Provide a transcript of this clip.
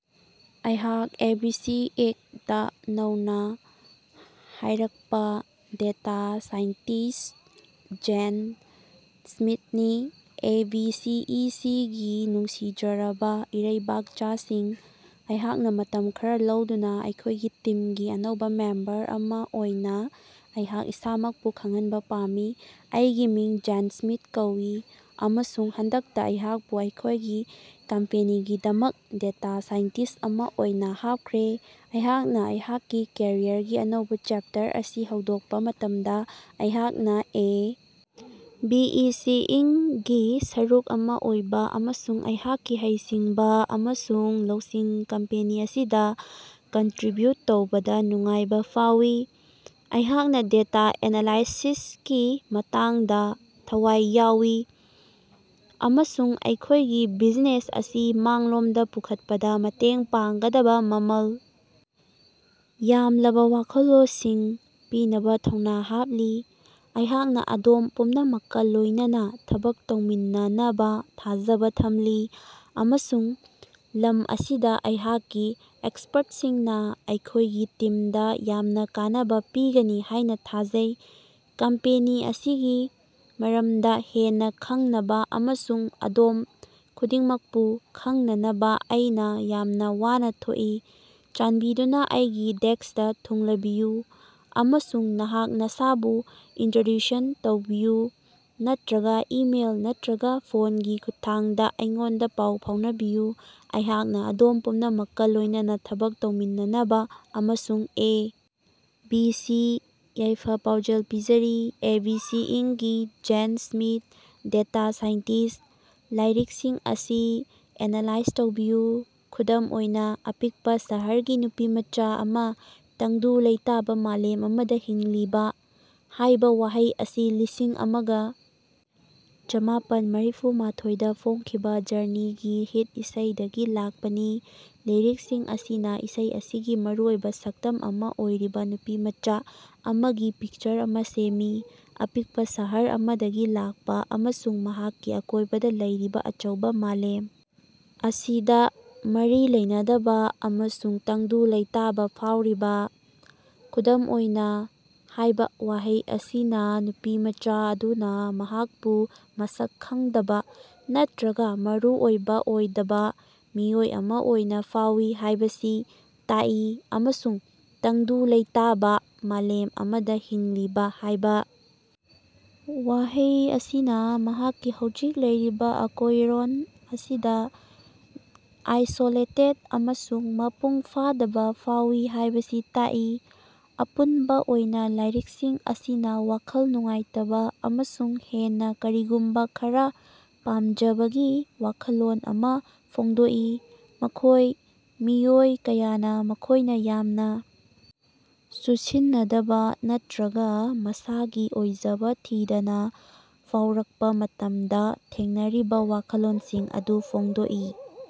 ꯑꯩꯍꯥꯛ ABC. Act. ꯗ ꯅꯧꯅ ꯍꯥꯏꯔꯛꯄ ꯗꯦꯇꯥ ꯁꯥꯏꯟꯇꯤꯁ꯭ꯠ ꯖꯦꯟ ꯁ꯭ꯃꯤꯊꯅꯤ꯫ A. B. C. E. C. ꯒꯤ ꯅꯨꯡꯁꯤꯖꯔꯕ ꯏꯔꯩꯕꯥꯛꯆꯥꯁꯤꯡ, ꯑꯩꯍꯥꯛꯅ ꯃꯇꯝ ꯈꯔ ꯂꯧꯗꯨꯅ ꯑꯩꯈꯣꯏꯒꯤ ꯇꯤꯝꯒꯤ ꯑꯅꯧꯕ ꯃꯦꯝꯕꯔ ꯑꯃ ꯑꯣꯏꯅ ꯑꯩꯍꯥꯛ ꯏꯁꯥꯃꯛꯄꯨ ꯈꯪꯍꯟꯕ ꯄꯥꯝꯃꯤ꯫ ꯑꯩꯒꯤ ꯃꯤꯡ ꯖꯦꯟ ꯁ꯭ꯃꯤꯊ ꯀꯧꯏ ꯑꯃꯁꯨꯡ ꯍꯟꯗꯛꯇ ꯑꯩꯍꯥꯛꯄꯨ ꯑꯩꯈꯣꯏꯒꯤ ꯀꯝꯄꯦꯅꯤꯒꯤꯗꯃꯛ ꯗꯦꯇꯥ ꯁꯥꯏꯟꯇꯤꯁ꯭ꯠ ꯑꯃ ꯑꯣꯏꯅ ꯍꯥꯞꯈ꯭ꯔꯦ꯫ ꯑꯩꯍꯥꯛꯅ ꯑꯩꯍꯥꯛꯀꯤ ꯀꯦꯔꯤꯌꯔꯒꯤ ꯑꯅꯧꯕ ꯆꯦꯞꯇꯔ ꯑꯁꯤ ꯍꯧꯗꯣꯛꯄ ꯃꯇꯝꯗ, ꯑꯩꯍꯥꯛꯅ ꯑꯦ. ꯕꯤ. ꯁꯤ. ꯏꯟꯀ. ꯒꯤ ꯁꯔꯨꯛ ꯑꯃ ꯑꯣꯏꯕ ꯑꯃꯁꯨꯡ ꯑꯩꯍꯥꯛꯀꯤ ꯍꯩꯁꯤꯡꯕ ꯑꯃꯁꯨꯡ ꯂꯧꯁꯤꯡ ꯀꯝꯄꯦꯅꯤ ꯑꯁꯤꯗ ꯀꯟꯇ꯭ꯔꯤꯕ꯭ꯌꯨꯠ ꯇꯧꯕꯗ ꯅꯨꯡꯉꯥꯏꯕ ꯐꯥꯎꯏ꯫ ꯑꯩꯍꯥꯛꯅ ꯗꯦꯇꯥ ꯑꯦꯅꯥꯂꯥꯏꯁꯤꯁꯀꯤ ꯃꯇꯥꯡꯗ ꯊꯋꯥꯏ ꯌꯥꯑꯣꯏ ꯑꯃꯁꯨꯡ ꯑꯩꯈꯣꯏꯒꯤ ꯕꯤꯖꯤꯅꯦꯁ ꯑꯁꯤ ꯃꯥꯡꯂꯣꯝꯗ ꯄꯨꯈꯠꯄꯗ ꯃꯇꯦꯡ ꯄꯥꯡꯒꯗꯕ ꯃꯃꯜ ꯌꯥꯝꯂꯕ ꯋꯥꯈꯜꯂꯣꯟꯁꯤꯡ ꯄꯤꯅꯕ ꯊꯧꯅ ꯍꯥꯞꯂꯤ꯫ ꯑꯩꯍꯥꯛꯅ ꯑꯗꯣꯝ ꯄꯨꯝꯅꯃꯛꯀ ꯂꯣꯏꯅꯅ ꯊꯕꯛ ꯇꯧꯃꯤꯟꯅꯅꯕ ꯊꯥꯖꯕ ꯊꯝꯂꯤ ꯑꯃꯁꯨꯡ ꯂꯝ ꯑꯁꯤꯗ ꯑꯩꯍꯥꯛꯀꯤ ꯑꯦꯛꯁꯄꯔꯇꯁꯤꯡꯅ ꯑꯩꯈꯣꯏꯒꯤ ꯇꯤꯝꯗ ꯌꯥꯝꯅ ꯀꯥꯟꯅꯕ ꯄꯤꯒꯅꯤ ꯍꯥꯏꯅ ꯊꯥꯖꯩ꯫ ꯀꯝꯄꯦꯅꯤ ꯑꯁꯤꯒꯤ ꯃꯔꯞꯗ ꯍꯦꯟꯅ ꯈꯪꯅꯕ ꯑꯃꯁꯨꯡ ꯑꯗꯣꯝ ꯈꯨꯗꯤꯡꯃꯛꯄꯨ ꯈꯪꯅꯅꯕ ꯑꯩꯅ ꯌꯥꯝꯅ ꯋꯥꯅ ꯊꯣꯛꯏ꯫ ꯆꯥꯟꯕꯤꯗꯨꯅ ꯑꯩꯒꯤ ꯗꯦꯁ꯭ꯀꯇ ꯊꯨꯡꯂꯕꯤꯌꯨ ꯑꯃꯁꯨꯡ ꯅꯍꯥꯛ ꯅꯁꯥꯕꯨ ꯏꯅꯇ꯭ꯔꯣꯗ꯭ꯌꯨꯁꯟ ꯇꯧꯕꯤꯌꯨ ꯅꯠꯇ꯭ꯔꯒ ꯏꯃꯦꯜ ꯅꯠꯇ꯭ꯔꯒ ꯐꯣꯟꯒꯤ ꯈꯨꯠꯊꯥꯡꯗ ꯑꯩꯉꯣꯟꯗ ꯄꯥꯎ ꯐꯥꯎꯅꯕꯤꯌꯨ ꯫ ꯑꯩꯍꯥꯛꯅ ꯑꯗꯣꯝ ꯄꯨꯝꯅꯃꯛꯀ ꯂꯣꯏꯅꯅ ꯊꯕꯛ ꯇꯧꯃꯤꯟꯅꯅꯕ ꯑꯃꯁꯨꯡ ꯑꯦ. ꯕꯤ. ꯁꯤ. ꯌꯥꯏꯐ-ꯄꯥꯎꯖꯦꯜ ꯄꯤꯖꯔꯤ, ꯑꯦ. ꯕꯤ. ꯁꯤ. ꯏꯟꯀ. ꯒꯤ ꯖꯦꯟ ꯁ꯭ꯃꯤꯊ ꯗꯦꯇꯥ ꯁꯥꯏꯟꯇꯤꯁ꯭ꯠ꯫ ꯂꯤꯔꯤꯛꯁꯤꯡ ꯑꯁꯤ ꯑꯦꯅꯥꯂꯥꯏꯖ ꯇꯧꯕꯤꯌꯨ: "ꯈꯨꯗꯝ ꯑꯣꯏꯅ ꯑꯄꯤꯛꯄ ꯁꯍꯔꯒꯤ ꯅꯨꯄꯤꯃꯆꯥ ꯑꯃ ꯇꯪꯗꯨ ꯂꯩꯇꯥꯕ ꯃꯥꯂꯦꯝ ꯑꯃꯗ ꯍꯤꯡꯂꯤꯕꯥ"꯫ ꯍꯥꯏꯕ ꯋꯥꯍꯩ ꯑꯁꯤ ꯂꯤꯁꯤꯡ ꯑꯃꯒ ꯆꯃꯥꯄꯟ ꯃꯔꯤꯐꯨ ꯃꯥꯊꯣꯏ ꯗ ꯐꯣꯡꯈꯤꯕ ꯖꯔꯅꯤꯒꯤ ꯍꯤꯠ ꯏꯁꯩ ꯗꯒꯤ ꯂꯥꯛꯄꯅꯤ, ꯂꯤꯔꯤꯛꯁꯤꯡ ꯑꯁꯤꯅ ꯏꯁꯩ ꯑꯁꯤꯒꯤ ꯃꯔꯨꯑꯣꯏꯕ ꯁꯛꯇꯝ ꯑꯃ ꯑꯣꯏꯔꯤꯕ ꯅꯨꯄꯤꯃꯆ ꯑꯃꯒꯤ ꯄꯤꯛꯆꯔ ꯑꯃ ꯁꯦꯝꯃꯤ꯫ ꯑꯄꯤꯛꯄ ꯁꯍꯔ ꯑꯃꯗꯒꯤ ꯂꯥꯛꯄ ꯑꯃꯁꯨꯡ ꯃꯍꯥꯛꯀꯤ ꯑꯀꯣꯏꯕꯗ ꯂꯩꯔꯤꯕ ꯑꯆꯧꯕ ꯃꯥꯂꯦꯝ ꯑꯁꯤꯗ ꯃꯔꯤ ꯂꯩꯅꯗꯕ ꯑꯃꯁꯨꯡ ꯇꯪꯗꯨ ꯂꯩꯇꯥꯕ ꯐꯥꯎꯔꯤꯕ꯫ "ꯈꯨꯗꯝ ꯑꯣꯏꯅ" ꯍꯥꯌꯕ ꯋꯥꯍꯩ ꯑꯁꯤꯅ ꯅꯨꯄꯤꯃꯆ ꯑꯗꯨꯅ ꯃꯍꯥꯛꯄꯨ ꯃꯁꯛ ꯈꯪꯗꯕ ꯅꯠꯇ꯭ꯔꯒ ꯃꯔꯨꯑꯣꯏꯕ ꯑꯣꯏꯗꯕ ꯃꯤꯑꯣꯏ ꯑꯃ ꯑꯣꯏꯅ ꯐꯥꯎꯏ ꯍꯥꯢꯕꯁꯤ ꯇꯥꯛꯏ ꯑꯃꯁꯨꯡ "ꯇꯪꯗꯨ ꯂꯩꯇꯥꯕ ꯃꯥꯂꯦꯝ ꯑꯃꯗ ꯍꯤꯡꯂꯤꯕꯥ" ꯍꯥꯏꯕ ꯋꯥꯍꯩ ꯑꯁꯤꯅ ꯃꯍꯥꯛꯀꯤ ꯍꯧꯖꯤꯛ ꯂꯩꯔꯤꯕ ꯑꯀꯣꯌꯔꯣꯟ ꯑꯁꯤꯗ ꯑꯥꯏꯁꯣꯂꯦꯇꯦꯗ ꯑꯃꯁꯨꯡ ꯃꯄꯨꯡ ꯐꯥꯗꯕ ꯐꯥꯎꯏ ꯍꯥꯢꯕꯁꯤ ꯇꯥꯛꯏ꯫ ꯑꯄꯨꯟꯕ ꯑꯣꯏꯅ ꯂꯥꯏꯔꯤꯛꯁꯤꯡ ꯑꯁꯤꯅ ꯋꯥꯈꯜ ꯅꯨꯡꯉꯥꯏꯇꯕ ꯑꯃꯁꯨꯡ ꯍꯦꯟꯅ ꯀꯔꯤꯒꯨꯝꯕ ꯈꯔ ꯄꯥꯝꯖꯕꯒꯤ ꯋꯥꯈꯜꯂꯣꯟ ꯑꯃ ꯐꯣꯡꯗꯣꯛꯏ, ꯃꯈꯣꯢ ꯃꯤꯑꯣꯏ ꯀꯌꯥꯅ ꯃꯈꯣꯏꯅ ꯌꯥꯝꯅ ꯆꯨꯁꯤꯟꯅꯗꯕ ꯅꯠꯇ꯭ꯔꯒ ꯃꯁꯥꯒꯤ ꯑꯣꯏꯖꯕ ꯊꯤꯗꯅ ꯐꯥꯎꯔꯀꯄ ꯃꯇꯝꯗ ꯊꯦꯡꯅꯔꯤꯕ ꯋꯥꯈꯜꯂꯣꯟꯁꯤꯡ ꯑꯗꯨ ꯐꯣꯡꯗꯣꯛꯏ ꯫